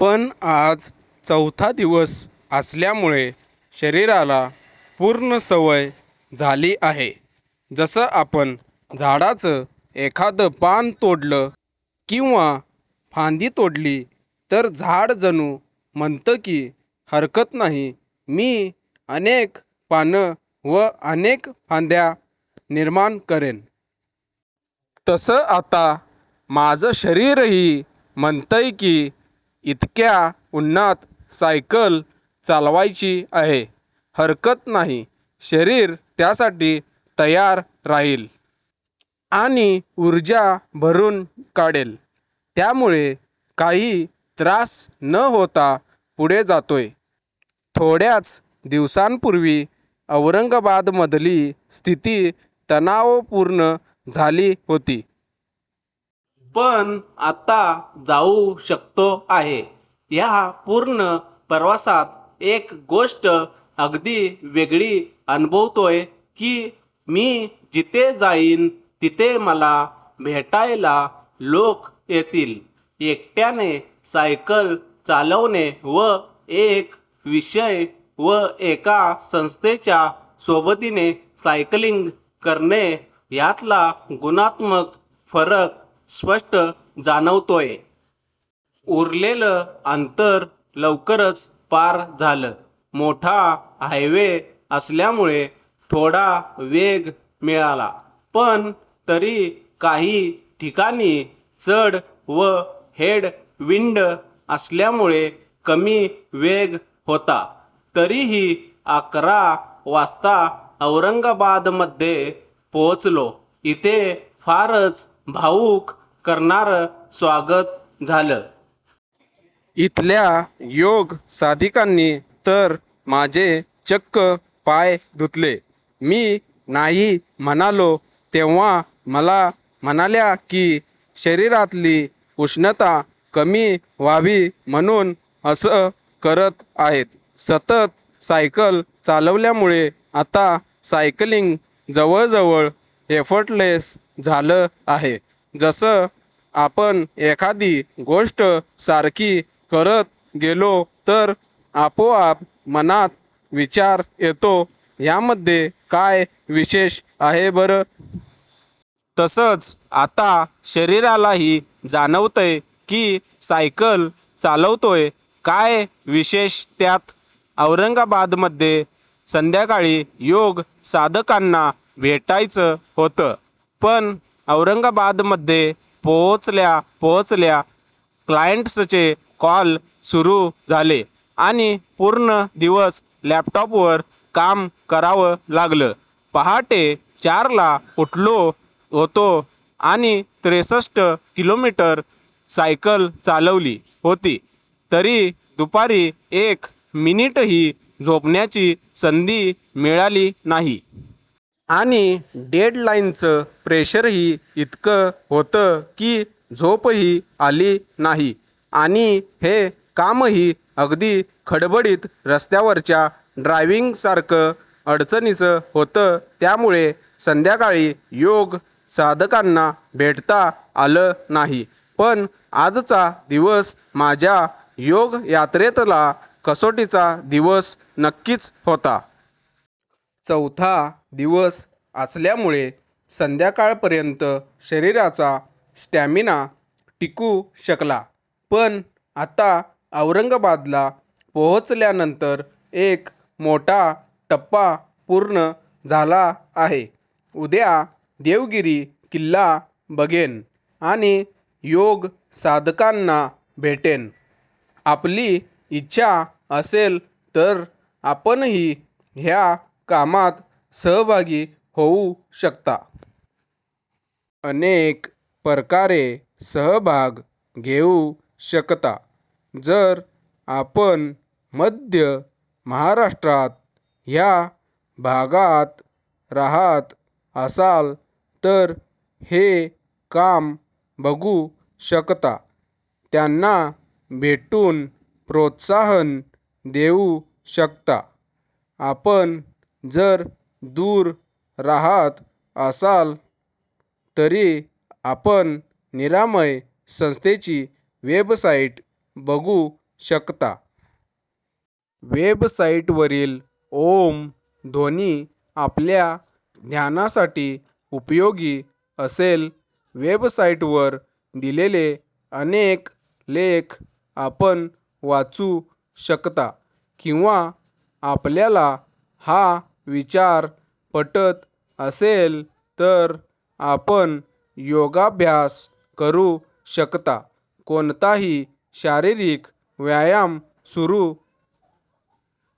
पण आज चौथा दिवस असल्यामुळे शरीराला पूर्ण सवय झाली आहे. जसं आपण झाडाचं एखादं पान तोडलं किंवा फांदी तोडली तर झाड जणू म्हणतं की, हरकत नाही, मी अनेक पानं व अनेक फांद्या निर्माण करेन. तसं आता माझं शरीरही म्हणतंय की, इतक्या उन्हात सायकल चालवायची आहे, हरकत नाही. शरीर त्यासाठी तयार राहील आणि ऊर्जा भरून काढेल. त्यामुळे काही त्रास न होता पुढे जातोय. थोड्याच दिवसांपूर्वी औरंगाबादमधली स्थिती तणावपूर्ण झाली होती. पण आता जाऊ शकतो आहे. ह्या पूर्ण प्रवासात एक गोष्ट अगदी वेगळी अनुभवतोय की, मी जिथे जाईन, तिथे मला भेटायला लोक येतील. एकट्याने सायकल चालवणे व एक विषय व एका संस्थेच्या सोबतीने सायकलिंग करणे ह्यातला गुणात्मक फरक स्पष्ट जाणवतोय. उरलेलं अंतर लवकरच पार झालं. मोठा हायवे असल्यामुळे थोडा वेग मिळाला. पण तरी काही ठिकाणी चढ व हेड विंड असल्यामुळे कमी वेग होता. तरीही अकरा वाजता औरंगाबादमध्ये पोहोचलो. इथे फारच भावुक करणारं स्वागत झालं. इथल्या योग साधिकांनी तर माझे चक्क पाय धुतले. मी नाही म्हणालो, तेव्हा मला म्हणाल्या की, शरीरातली उष्णता कमी व्हावी म्हणून असं करत आहेत. सतत सायकल चालवल्यामुळे आता सायकलिंग जवळजवळ एफर्टलेस झालं आहे. जसं आपण एखादी गोष्ट सारखी करत गेलो तर आपोआप मनात विचार येतो, ह्यामध्ये काय विशेष आहे बरं? तसंच आता शरीरालाही जाणवतंय की, सायकल चालवतोय, काय विशेष त्यात? औरंगाबादमध्ये संध्याकाळी योग साधकांना भेटायचं होतं. पण औरंगाबादमध्ये पोहोचल्या पोहोचल्या क्लाएंटसचे कॉल सुरू झाले आणि पूर्ण दिवस लॅपटॉपवर काम करावं लागलं. पहाटे चारला उठलो होतो आणि त्रेसष्ट किलोमीटर सायकल चालवली होती, तरी दुपारी एक मिनिटही झोपण्याची संधी मिळाली नाही. आणि डेडलाईनचं प्रेशरही इतकं होतं की, झोपही आली नाही. आणि हे कामही अगदी खडबडीत रस्त्यावरच्या ड्रायव्हिंगसारखं अडचणीचं होतं. त्यामुळे संध्याकाळी योग साधकांना भेटता आलं नाही. पण आजचा दिवस माझ्या योग यात्रेतला कसोटीचा दिवस नक्कीच होता. चौथा दिवस असल्यामुळे संध्याकाळपर्यंत शरीराचा स्टॅमिना टिकू शकला. पण आता औरंगाबादला पोहोचल्यानंतर एक मोठा टप्पा पूर्ण झाला आहे. उद्या देवगिरी किल्ला बघेन आणि योग साधकांना भेटेन. आपली इच्छा असेल तर आपणही ह्या कामात सहभागी होऊ शकता. अनेक प्रकारे सहभाग घेऊ शकता. जर आपण मध्य महाराष्ट्रात ह्या भागात राहात असाल तर हे काम बघू शकता. त्यांना भेटून प्रोत्साहन देऊ शकता. आपण जर दूर राहात असाल, तरी आपण निरामय संस्थेची वेबसाईट बघू शकता. वेबसाईटवरील ॐ ध्वनी आपल्या ध्यानासाठी उपयोगी असेल. वेबसाईटवर दिलेले अनेक लेख आपण वाचू शकता. किंवा आपल्याला हा विचार पटत असेल तर आपण योगाभ्यास करू शकता. कोणताही शारीरिक व्यायाम सुरू.